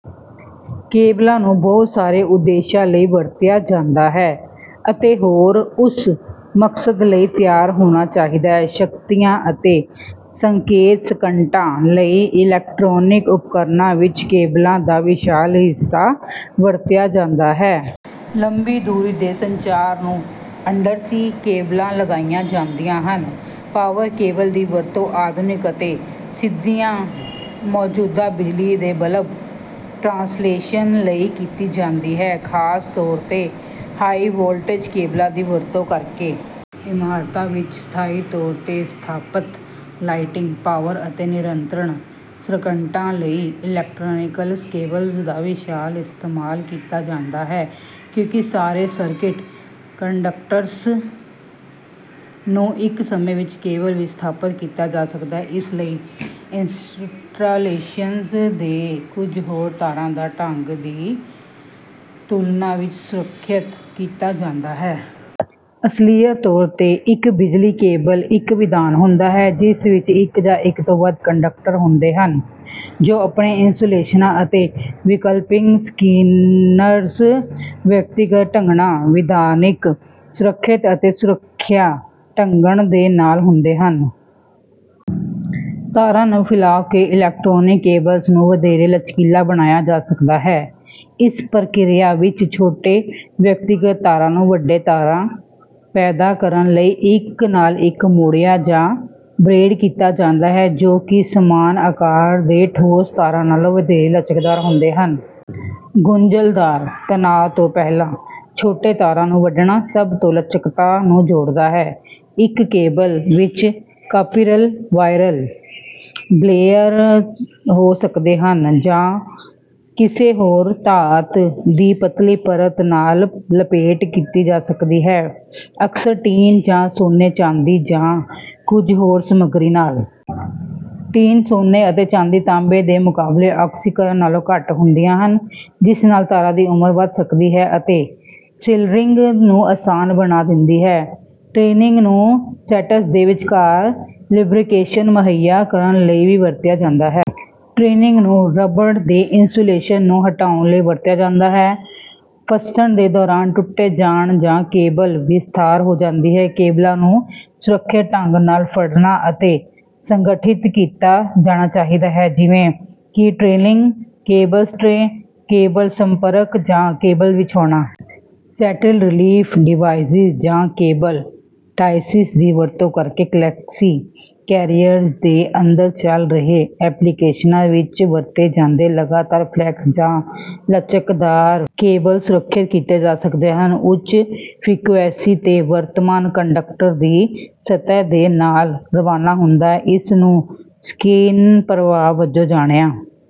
ਕੇਬਲਾਂ ਨੂੰ ਬਹੁਤ ਸਾਰੇ ਉਦੇਸ਼ਾਂ ਲਈ ਵਰਤਿਆ ਜਾਂਦਾ ਹੈ, ਅਤੇ ਹਰ ਉਸ ਮਕਸਦ ਲਈ ਤਿਆਰ ਹੋਣਾ ਚਾਹੀਦਾ ਹੈ। ਸ਼ਕਤੀਆਂ ਅਤੇ ਸੰਕੇਤ ਸੰਕਟਾਂ ਲਈ ਇਲੈਕਟ੍ਰੋਨਿਕ ਉਪਕਰਣਾਂ ਵਿੱਚ ਕੇਬਲਾਂ ਦਾ ਵਿਸ਼ਾਲ ਹਿੱਸਾ ਵਰਤਿਆ ਜਾਂਦਾ ਹੈ। ਲੰਮੀ ਦੂਰੀ ਦੇ ਸੰਚਾਰ ਨੂੰ ਅੰਡਰ ਸੀ ਕੇਬਲਾਂ ਲਗਾਇਆ ਜਾਂਦੀਆਂ ਹਨ। ਪਾਵਰ ਕੇਬਲ ਦੀ ਵਰਤੋਂ ਆਧੁਨਿਕ ਅਤੇ ਸਿੱਧੀਆਂ ਮੌਜੂਦਾ ਬਿਜਲੀ ਦੇ ਬਲਕ ਟ੍ਰਾਂਸਲੇਸ਼ਨ ਲਈ ਕੀਤੀ ਜਾਂਦੀ ਹੈ, ਖਾਸ ਤੌਰ ਤੇ ਹਾਈ-ਵੋਲਟੇਜ ਕੇਬਲ ਦੀ ਵਰਤੋਂ ਕਰਕੇ। ਇਮਾਰਤਾਂ ਵਿੱਚ ਸਥਾਈ ਤੌਰ ਤੇ ਸਥਾਪਤ ਲਾਈਟਿੰਗ, ਪਾਵਰ ਅਤੇ ਨਿਯੰਤਰਣ ਸਰਕਟਾਂ ਲਈ ਇਲੈਕਟ੍ਰੀਕਲ ਕੇਬਲਸ ਦਾ ਵਿਸ਼ਾਲ ਇਸਤੇਮਾਲ ਕੀਤਾ ਜਾਂਦਾ ਹੈ। ਕਿਉਂਕਿ ਸਾਰੇ ਸਰਕਿਟ ਕੰਡਕਟਰਜ਼ ਨੂੰ ਇੱਕ ਸਮੇਂ ਕੇਬਲ ਵਿੱਚ ਸਥਾਪਤ ਕੀਤਾ ਜਾ ਸਕਦਾ ਹੈ, ਇਸ ਲਈ ਇੰਸਟਾਲੇਸ਼ਨ ਦੇ ਕੁਝ ਹੋਰ ਤਾਰਾਂ ਦੇ ਢੰਗਾਂ ਦੀ ਤੁਲਨਾ ਵਿੱਚ ਸੁਰੱਖਿਅਤ ਕੀਤਾ ਜਾਂਦਾ ਹੈ। ਅਸਲੀਅਤ ਤੌਰ 'ਤੇ, ਇੱਕ ਬਿਜਲੀ ਕੇਬਲ ਇੱਕ ਵਿਧਾਨ ਹੁੰਦਾ ਹੈ ਜਿਸ ਵਿੱਚ ਇੱਕ ਜਾਂ ਇੱਕ ਤੋਂ ਵੱਧ ਕੰਡਕਟਰ ਹੁੰਦੇ ਹਨ ਜੋ ਆਪਣੇ ਇਨਸੂਲੇਸ਼ਨਾਂ ਅਤੇ ਵਿਕਲਪਿਕ ਸਕ੍ਰੀਨਸ, ਵਿਅਕਤੀਗਤ ਢੱਕਣਾਂ, ਵਿਧਾਨਿਕ ਸੁਰੱਖਿਆ ਅਤੇ ਸੁਰੱਖਿਆ ਢੱਕਣ ਦੇ ਨਾਲ ਹੁੰਦੇ ਹਨ। ਤਾਰਾਂ ਨੂੰ ਫੈਲਾ ਕੇ ਇਲੈਕਟ੍ਰੀਕਲ ਕੇਬਲਜ਼ ਨੂੰ ਵਧੇਰੇ ਲਚਕੀਲਾ ਬਣਾਇਆ ਜਾ ਸਕਦਾ ਹੈ। ਇਸ ਪ੍ਰਕ੍ਰਿਆ ਵਿੱਚ, ਛੋਟੇ ਵਿਅਕਤੀਗਤ ਤਾਰਾਂ ਨੂੰ ਵੱਡੇ ਤਾਰਾਂ ਪੈਦਾ ਕਰਨ ਲਈ ਇੱਕ ਨਾਲ ਮਰੋੜਿਆ ਜਾਂ ਬਰੇਟ ਕੀਤਾ ਜਾਂਦਾ ਹੈ ਜੋ ਕਿ ਸਮਾਨ ਆਕਾਰ ਦੇ ਠੋਸ ਤਾਰਾਂ ਨਾਲੋਂ ਵਧੇਰੇ ਲਚਕਦਾਰ ਹੁੰਦੇ ਹਨ। ਗੁੰਝਲਦਾਰ ਤਣਾਅ ਤੋਂ ਪਹਿਲਾਂ ਛੋਟੇ ਤਾਰਾਂ ਨੂੰ ਵੱਢਣਾ ਸਭ ਤੋਂ ਲਚਕਤਾ ਨੂੰ ਜੋੜਦਾ ਹੈ। ਇੱਕ ਕੇਬਲ ਵਿੱਚ ਕਾਪੀਰਲ ਵਾਇਰ ਬੇਅਰ ਹੋ ਸਕਦੇ ਹਨ, ਜਾਂ ਉਹ ਕਿਸੇ ਹੋਰ ਧਾਤ ਦੀ ਪਤਲੀ ਪਰਤ ਨਾਲ ਪਲੇਟ ਕੀਤੀ ਜਾ ਸਕਦੀ ਹੈ, ਅਕਸਰ ਟੀਨ ਜਾਂ ਸੋਨੇ, ਚਾਂਦੀ ਜਾਂ ਕੁਝ ਹੋਰ ਸਮੱਗਰੀ ਨਾਲ। ਟੀਨ, ਸੋਨੇ ਅਤੇ ਚਾਂਦੀ ਤਾਂਬੇ ਦੇ ਮੁਕਾਬਲੇ ਆਕਸੀਕਰਨ ਨਾਲੋਂ ਘੱਟ ਹੁੰਦੀਆਂ ਹਨ, ਜਿਸ ਨਾਲ ਤਾਰਾਂ ਦੀ ਉਮਰ ਵਧ ਸਕਦੀ ਹੈ, ਅਤੇ ਸਿਲਰਿੰਗ ਨੂੰ ਆਸਾਨ ਬਣਾ ਦਿੰਦੀ ਹੈ। ਟਿਨਿੰਗ ਨੂੰ ਸੈਂਟਸ ਦੇ ਵਿਚਕਾਰ ਲਿਬਰਿਕੇਸ਼ਨ ਮੁਹੱਈਆ ਕਰਨ ਲਈ ਵੀ ਵਰਤਿਆ ਜਾਂਦਾ ਹੈ। ਟਿਨਿੰਗ ਨੂੰ ਰਬੜ ਦੇ ਇਨਸੂਲੇਸ਼ਨ ਨੂੰ ਹਟਾਉਣ ਲਈ ਵਰਤਿਆ ਜਾਂਦਾ ਸੀ। ਫੱਸਣ ਦੇ ਦੌਰਾਨ ਟੁੱਟੇ ਜਾਣ ਨਾਲ ਕੇਬਲ ਵਿਸਥਾਰ ਹੋ ਜਾਂਦੀ ਹੈ। ਕੇਬਲਾਂ ਨੂੰ ਸੁਰੱਖਿਅਤ ਢੰਗ ਨਾਲ ਫੜਨਾ ਅਤੇ ਸੰਗਠਿਤ ਕੀਤਾ ਜਾਣਾ ਚਾਹੀਦਾ ਹੈ, ਜਿਵੇਂ ਕਿ ਟਰੰਕਿੰਗ, ਕੇਬਲ ਟ੍ਰੇ, ਕੇਬਲ ਸੰਪਰਕ ਜਾਂ ਕੇਬਲ ਵਿਛਾਉਣਾ। ਸਟੈਿਲ ਰਿਲੀਫ ਡਿਵਾਈਸਿਸ ਜਾਂ ਕੇਬਲ ਟਾਇਟਸ ਦੀ ਵਰਤੋਂ ਕਰਕੇ ਕੈਲਸੀ ਕੈਰੀਅਰਜ਼ ਦੇ ਅੰਦਰ ਚੱਲ ਰਹੇ ਐਪਲੀਕੇਸ਼ਨਾਂ ਵਿਚ ਵਰਤੇ ਜਾਂਦੇ ਲਗਾਤਾਰ-ਫਲੈਕ ਜਾਂ ਲਚਕਦਾਰ ਕੇਬਲ ਸੁਰੱਖਿਅਤ ਕੀਤੇ ਜਾ ਸਕਦੇ ਹਨ। ਉੱਚ ਫ੍ਰੀਕੁਏਂਸੀ ਤੇ, ਵਰਤਮਾਨ ਕੰਡਕਟਰ ਦੀ ਸਤਹ ਦੇ ਨਾਲ ਰਵਾਨਾ ਹੁੰਦਾ ਹੈ। ਇਸ ਨੂੰ ਸਕਿਨ ਪ੍ਰਭਾਵ ਵਜੋਂ ਜਾਣਿਆ